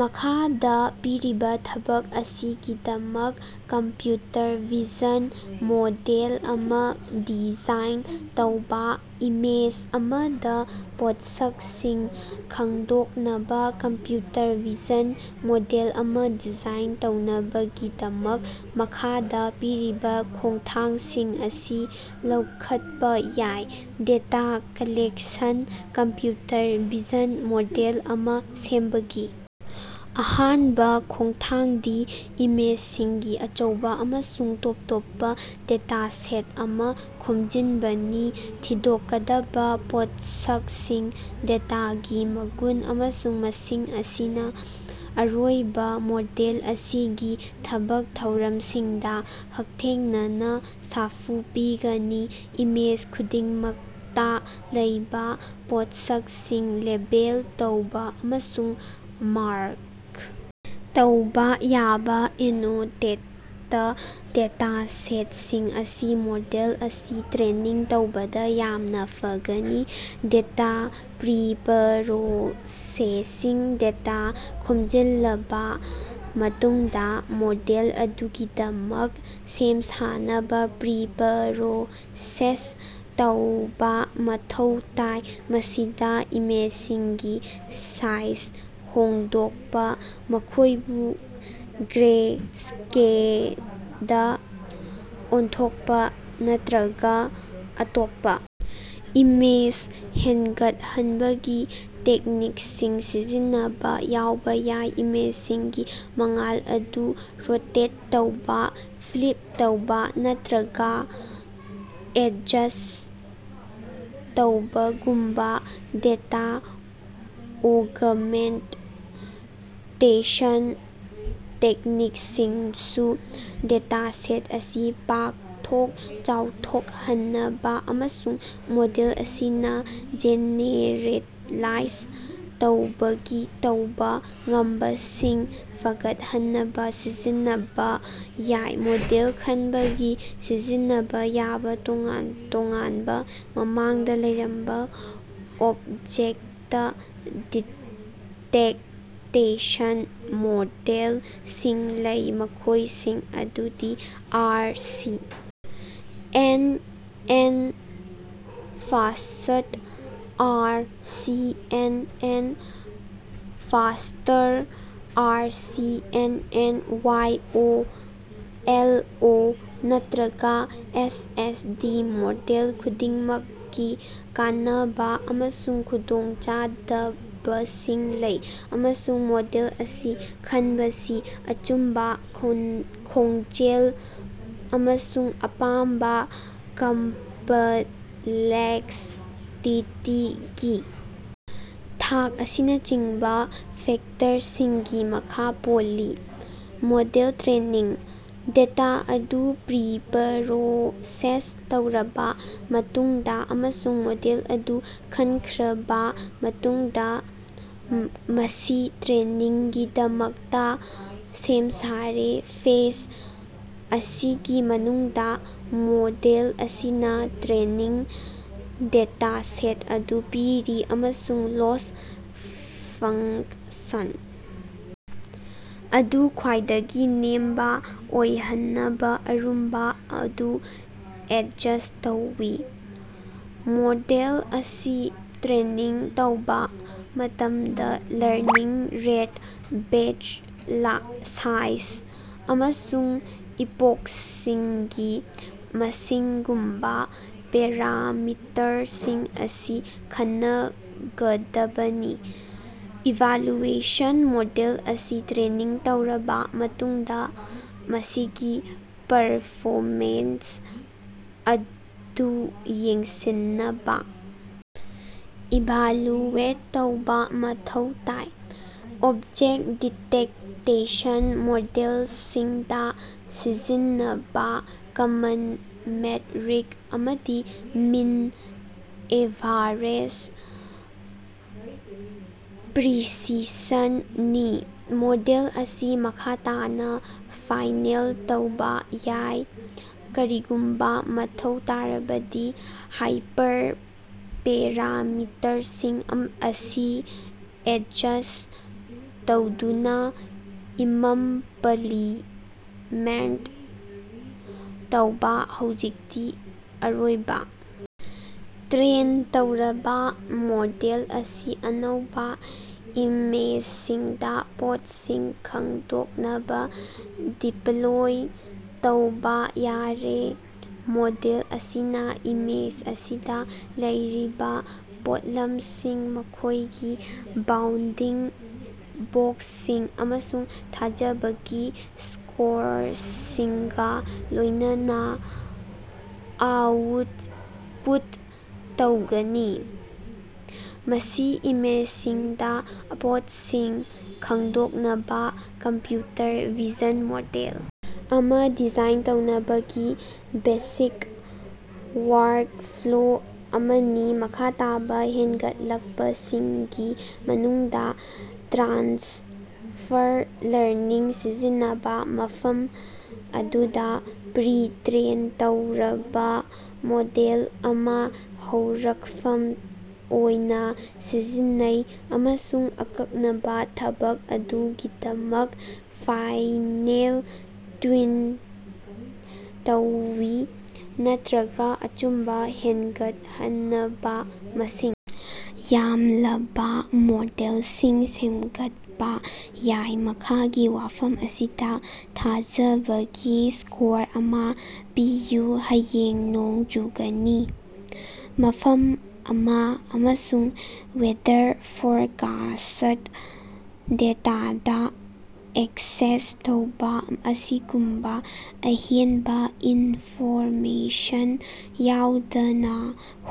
ꯃꯈꯥꯗ ꯄꯤꯔꯤꯕ ꯊꯕꯛ ꯑꯁꯤꯒꯤꯗꯃꯛ ꯀꯝꯄ꯭ꯌꯨꯇꯔ ꯚꯤꯖꯟ ꯃꯣꯗꯦꯜ ꯑꯃ ꯗꯤꯖꯥꯏꯟ ꯇꯧꯕꯥ꯫ ꯏꯃꯦꯖ ꯑꯃꯗ ꯄꯣꯠꯁꯛꯁꯤꯡ ꯈꯪꯗꯣꯛꯅꯕ ꯀꯝꯄ꯭ꯌꯨꯇꯔ ꯚꯤꯖꯟ ꯃꯣꯗꯦꯜ ꯑꯃ ꯗꯤꯖꯥꯏꯟ ꯇꯧꯅꯕꯒꯤꯗꯃꯛ, ꯃꯈꯥꯗ ꯄꯤꯔꯤꯕ ꯈꯣꯡꯊꯥꯡꯁꯤꯡ ꯑꯁꯤ ꯂꯧꯈꯠꯄ ꯌꯥꯏ: data collection: computer vision model ꯑꯃ ꯁꯦꯝꯕꯒꯤ ꯑꯍꯥꯟꯕ ꯈꯣꯡꯊꯥꯡꯗꯤ ꯏꯃꯦꯖꯁꯤꯡꯒꯤ ꯑꯆꯧꯕ ꯑꯃꯁꯨꯡ ꯇꯣꯞ ꯇꯣꯞꯄ ꯗꯦꯇꯥꯁꯦꯠ ꯑꯃ ꯈꯣꯝꯖꯤꯟꯕꯅꯤ꯫ ꯊꯤꯗꯣꯛꯀꯗꯕ ꯄꯣꯠꯁꯛꯁꯤꯡ :ꯗꯦꯇꯥꯒꯤ ꯃꯒꯨꯟ ꯑꯃꯁꯨꯡ ꯃꯁꯤꯡ ꯑꯁꯤꯅ ꯑꯔꯣꯏꯕ ꯃꯣꯗꯦꯜ ꯑꯁꯤꯒꯤ ꯊꯕꯛ ꯊꯧꯔꯝꯁꯤꯡꯗꯥ ꯍꯛꯊꯦꯡꯅꯅ ꯁꯥꯐꯨ ꯄꯤꯒꯅꯤ꯫ ꯏꯃꯦꯖ ꯈꯨꯗꯤꯡꯃꯛꯇꯥ ꯂꯩꯕꯥ ꯄꯣꯠꯁꯛꯁꯤꯡ ꯂꯦꯕꯦꯜ ꯇꯧꯕ ꯑꯃꯁꯨꯡ ꯃꯥꯔꯛ ꯇꯧꯕꯥ ꯌꯥꯕ ꯑꯦꯅꯣꯇꯦꯠꯇ ꯗꯦꯇꯥꯁꯦꯠꯁꯤꯡ ꯑꯁꯤ ꯃꯣꯗꯦꯜ ꯑꯁꯤ ꯇ꯭ꯔꯦꯅꯤꯡ ꯇꯧꯕꯗ ꯌꯥꯝꯅꯥ ꯐꯒꯅꯤ꯫ ꯗꯦꯇꯥ ꯄ꯭ꯔꯤꯄꯔꯣꯁꯦꯁꯤꯡ: ꯗꯦꯇꯥ ꯈꯣꯝꯖꯤꯜꯂꯕꯥ ꯃꯇꯨꯡꯗꯥ ꯃꯣꯗꯦꯜ ꯑꯗꯨꯒꯤꯗꯃꯛ ꯁꯦꯝ ꯁꯥꯅꯕ ꯄ꯭ꯔꯤꯄꯔꯣꯁꯦꯁ ꯇꯧꯕꯥ ꯃꯊꯧ ꯇꯥꯏ꯫ ꯃꯁꯤꯗꯥ ꯏꯃꯦꯖꯁꯤꯡꯒꯤ ꯁꯥꯏꯖ ꯍꯣꯡꯗꯣꯛꯄ, ꯃꯈꯣꯏꯕꯨ ꯒ꯭ꯔꯦꯁ꯭ꯀꯦꯜꯗ ꯑꯣꯟꯊꯣꯛꯄꯥ ꯅꯠꯇ꯭ꯔꯒ ꯑꯇꯣꯞꯄ ꯏꯃꯦꯖ ꯍꯦꯟꯒꯠꯍꯟꯕꯒꯤ ꯇꯦꯛꯅꯤꯛꯁꯤꯡ ꯁꯤꯖꯤꯟꯅꯕ ꯌꯥꯎꯕ ꯌꯥꯏ꯫ ꯏꯃꯦꯖꯁꯤꯡꯒꯤ ꯃꯉꯥꯜ ꯑꯗꯨ ꯔꯣꯇꯦꯠ ꯇꯧꯕꯥ, ꯐ꯭ꯂꯤꯞ ꯇꯧꯕꯥ ꯅꯠꯇ꯭ꯔꯒꯥ ꯑꯦꯗꯖꯁꯠ ꯇꯧꯕꯒꯨꯝꯕꯥ ꯗꯦꯇꯥ ꯑꯣꯒꯃꯦꯟꯇꯦꯁꯟ ꯇꯦꯛꯅꯤꯛꯁꯤꯡꯁꯨ ꯗꯦꯇꯥꯁꯦꯠ ꯑꯁꯤ ꯄꯥꯛꯊꯣꯛ ꯆꯥꯎꯊꯣꯛꯍꯟꯅꯕꯥ ꯑꯃꯁꯨꯡ ꯃꯣꯗꯦꯜ ꯑꯁꯤꯅꯥ ꯖꯦꯅꯦꯔꯦꯂꯥꯏꯖ ꯇꯧꯕꯒꯤ ꯇꯧꯕ ꯉꯝꯕꯁꯤꯡ ꯐꯒꯠꯍꯟꯅꯕ ꯁꯤꯖꯤꯟꯅꯕ ꯌꯥꯏ꯫ ꯃꯣꯗꯦꯜ ꯈꯟꯕꯒꯤ: ꯁꯤꯖꯤꯟꯅꯕ ꯌꯥꯕ ꯇꯣꯉꯥꯟ ꯇꯣꯉꯥꯟꯕ ꯃꯃꯥꯡꯗ ꯂꯩꯔꯝꯕ ꯑꯣꯕꯖꯦꯛꯇ ꯗꯤꯇꯦꯛꯇꯦꯁꯟ ꯃꯣꯗꯦꯜꯁꯤꯡ ꯂꯩ, ꯃꯈꯣꯏꯁꯤꯡ ꯑꯗꯨꯗꯤ R C. N. N., fast R C. N. N., faster R C. N. N., Y. O. L. ꯑꯣ. ꯅꯠꯇ꯭ꯔꯒꯥ ꯑꯦꯁ. ꯑꯦꯁ. ꯗꯤ. ꯃꯣꯗꯦꯜ ꯈꯨꯗꯤꯡꯃꯛꯀꯤ ꯀꯥꯟꯅꯕꯥ ꯑꯃꯁꯨꯡ ꯈꯨꯗꯣꯡꯆꯥꯗꯕꯁꯤꯡ ꯂꯩ, ꯑꯃꯁꯨꯡ ꯃꯣꯗꯦꯜ ꯑꯁꯤ ꯈꯟꯕꯁꯤ ꯑꯆꯨꯝꯕꯥ, ꯈꯣꯡꯖꯦꯜ ꯑꯃꯁꯨꯡ ꯑꯄꯥꯝꯕꯥ ꯀꯝꯄꯂꯦꯛꯁꯇꯤꯇꯤꯒꯤ ꯊꯥꯛ ꯑꯁꯤꯅꯆꯤꯡꯕꯥ ꯐꯦꯛꯇꯔꯁꯤꯡꯒꯤ ꯃꯈꯥ ꯄꯣꯜꯂꯤ꯫ ꯃꯣꯗꯦꯜ ꯇ꯭ꯔꯦꯅꯤꯡ: ꯗꯦꯇꯥ ꯑꯗꯨ ꯄ꯭ꯔꯤꯄꯔꯣꯁꯦꯁ ꯇꯧꯔꯕꯥ ꯃꯇꯨꯡꯗꯥ ꯑꯃꯁꯨꯡ ꯃꯣꯗꯦꯜ ꯑꯗꯨ ꯈꯟꯈ꯭ꯔꯕꯥ ꯃꯇꯨꯡꯗꯥ, ꯃꯁꯤ ꯇ꯭ꯔꯦꯅꯤꯡꯒꯤꯗꯃꯛꯇꯥ ꯁꯦꯝ ꯁꯥꯔꯦ꯫ ꯐꯦꯖ ꯑꯁꯤꯒꯤ ꯃꯅꯨꯡꯗꯥ ꯃꯣꯗꯦꯜ ꯑꯁꯤꯅꯥ ꯇ꯭ꯔꯦꯅꯤꯡ ꯗꯦꯇꯥꯁꯦꯠ ꯑꯗꯨ ꯄꯤꯔꯤ ꯑꯃꯁꯨꯡ ꯂꯣꯁ ꯐꯪꯁꯟ ꯑꯗꯨ ꯈ꯭ꯋꯥꯏꯗꯒꯤ ꯅꯦꯝꯕꯥ ꯑꯣꯏꯍꯟꯅꯕ ꯑꯔꯨꯝꯕꯥ ꯑꯗꯨ ꯑꯦꯗꯖꯁ ꯇꯧꯏ꯫ ꯃꯣꯗꯦꯜ ꯑꯁꯤ ꯇ꯭ꯔꯦꯅꯤꯡ ꯇꯧꯕꯥ ꯃꯇꯝꯗ ꯂꯔꯅꯤꯡ ꯔꯦꯠ, ꯕꯦꯆ ꯁꯥꯏꯖ ꯑꯃꯁꯨꯡ ꯏꯄꯣꯛꯁꯤꯡꯒꯤ ꯃꯁꯤꯡꯒꯨꯝꯕꯥ ꯄꯦꯔꯥꯃꯤꯇꯔꯁꯤꯡ ꯑꯁꯤ ꯈꯟꯅꯒꯗꯕꯅꯤ꯫ ꯏꯚꯥꯂꯨꯑꯦꯁꯟ: ꯃꯣꯗꯦꯜ ꯑꯁꯤ ꯇ꯭ꯔꯦꯅꯤꯡ ꯇꯧꯔꯕꯥ ꯃꯇꯨꯡꯗꯥ ꯃꯁꯤꯒꯤ ꯄꯔꯐꯣꯃꯦꯟꯁ ꯑꯗꯨ ꯌꯦꯡꯁꯤꯟꯅꯕꯥ ꯏꯚꯥꯂꯨꯑꯦꯠ ꯇꯧꯕꯥ ꯃꯊꯧ ꯇꯥꯏ꯫ ꯑꯣꯕꯖꯦꯛ ꯗꯤꯇꯦꯛꯇꯦꯁꯟ ꯃꯣꯗꯦꯜꯁꯤꯡꯗꯥ ꯁꯤꯖꯤꯟꯅꯕꯥ ꯀꯃꯟ ꯃꯦꯠꯔꯤꯛ ꯑꯃꯗꯤ ꯃꯤꯟ ꯑꯦꯚꯥꯔꯦꯖ ꯄ꯭ꯔꯤꯁꯤꯁꯟ ꯅꯤ꯫ ꯃꯣꯗꯦꯜ ꯑꯁꯤ ꯃꯈꯥ ꯇꯥꯅꯥ ꯐꯥꯏꯅꯦꯜ ꯇꯧꯕꯥ ꯌꯥꯏ, ꯀꯔꯤꯒꯨꯝꯕꯥ ꯃꯊꯧ ꯇꯥꯔꯕꯗꯤ, ꯍꯥꯏꯄꯔꯄꯦꯔꯥꯃꯤꯇꯔꯁꯤꯡ ꯑꯁꯤ ꯑꯦꯗꯖꯁꯠ ꯇꯧꯗꯨꯅꯥ꯫ ꯏꯃꯝꯄꯂꯤꯃꯦꯟ ꯇꯧꯕꯥ: ꯍꯧꯖꯤꯛꯇꯤ ꯑꯔꯣꯏꯕꯥ ꯇ꯭ꯔꯦꯟ ꯇꯧꯔꯕꯥ ꯃꯣꯗꯦꯜ ꯑꯁꯤ ꯑꯅꯧꯕꯥ ꯏꯃꯦꯖꯁꯤꯡꯗꯥ ꯄꯣꯠꯁꯤꯡ ꯈꯪꯗꯣꯛꯅꯕ ꯗꯤꯄꯂꯣꯏ ꯇꯧꯕꯥ ꯌꯥꯔꯦ꯫ ꯃꯣꯗꯦꯜ ꯑꯁꯤꯅꯥ ꯏꯃꯦꯖ ꯑꯁꯤꯗꯥ ꯂꯩꯔꯤꯕꯥ ꯄꯣꯠꯂꯝꯁꯤꯡ, ꯃꯈꯣꯏꯒꯤ ꯕꯥꯎꯟꯗꯤꯡ ꯕꯣꯛꯁꯁꯤꯡ ꯑꯃꯁꯨꯡ ꯊꯥꯖꯕꯒꯤ ꯁ꯭ꯀꯣꯔꯁꯤꯡꯒꯥ ꯂꯣꯏꯅꯅꯥ ꯑꯥꯎꯠꯄꯨꯠ ꯇꯧꯒꯅꯤ꯫ ꯃꯁꯤ ꯏꯃꯦꯖꯁꯤꯡꯗꯥ ꯄꯣꯠꯁꯤꯡ ꯈꯪꯗꯣꯛꯅꯕꯥ ꯀꯝꯄ꯭ꯌꯨꯇꯔ ꯚꯤꯖꯟ ꯃꯣꯗꯦꯜ ꯑꯃꯥ ꯗꯤꯖꯥꯏꯟ ꯇꯧꯅꯕꯒꯤ ꯕꯦꯁꯤꯛ ꯋꯥꯔꯛꯐ꯭ꯂꯣ ꯑꯃꯅꯤ꯫ ꯃꯈꯥ ꯇꯕ ꯍꯦꯟꯒꯠꯂꯛꯄꯁꯤꯡꯒꯤ ꯃꯅꯨꯡꯗꯥ ꯇ꯭ꯔꯥꯟꯁꯐꯔ ꯂꯔꯅꯤꯡ ꯁꯤꯖꯤꯟꯅꯕꯥ, ꯃꯐꯝ ꯑꯗꯨꯗꯥ ꯄ꯭ꯔꯤ-ꯇ꯭ꯔꯦꯟ ꯇꯧꯔꯕꯥ ꯃꯣꯗꯦꯜ ꯑꯃꯥ ꯍꯧꯔꯛꯐꯝ ꯑꯣꯏꯅꯥ ꯁꯤꯖꯤꯟꯅꯩ ꯑꯃꯁꯨꯡ ꯑꯀꯛꯅꯕꯥ ꯊꯕꯛ ꯑꯗꯨꯒꯤꯗꯃꯛ ꯐꯥꯏꯅꯦꯜ ꯇ꯭ꯌꯨꯟ ꯇꯧꯏ, ꯅꯠꯇ꯭ꯔꯒꯥ ꯑꯆꯨꯝꯕꯥ ꯍꯦꯟꯒꯠꯍꯟꯅꯕꯥ ꯃꯁꯤꯡ ꯌꯥꯝꯂꯕꯥ ꯃꯣꯗꯦꯜꯁꯤꯡ ꯁꯦꯝꯒꯠꯄꯥ ꯌꯥꯏ꯫ ꯃꯈꯥꯒꯤ ꯋꯥꯐꯝ ꯑꯁꯤꯗꯥ ꯊꯥꯖꯕꯒꯤ ꯁ꯭ꯀꯣꯔ ꯑꯃꯥ ꯄꯤꯌꯨ: ꯍꯌꯦꯡ ꯅꯣꯡ ꯆꯨꯒꯅꯤ"꯫ ꯃꯐꯝ ꯑꯃꯥ, ꯑꯃꯁꯨꯡ ꯋꯦꯗꯔ ꯐꯣꯔꯀꯥꯁꯠ ꯗꯦꯇꯥꯗꯥ ꯑꯦꯛꯁꯦꯁ ꯇꯧꯕꯥ ꯑꯁꯤꯒꯨꯝꯕꯥ ꯑꯍꯦꯟꯕꯥ ꯏꯟꯐꯣꯔꯃꯦꯁꯟ ꯌꯥꯎꯗꯅꯥ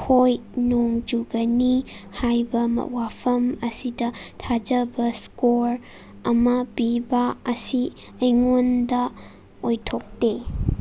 "ꯍꯣꯏ ꯅꯣꯡ ꯆꯨꯒꯅꯤ" ꯍꯥꯏꯕ ꯋꯥꯐꯝ ꯑꯁꯤꯗ ꯊꯥꯖꯕ ꯁ꯭ꯀꯣꯔ ꯑꯃ ꯄꯤꯕꯥ ꯑꯁꯤ ꯑꯩꯉꯣꯟꯗ ꯑꯣꯏꯊꯣꯛꯇꯦ꯫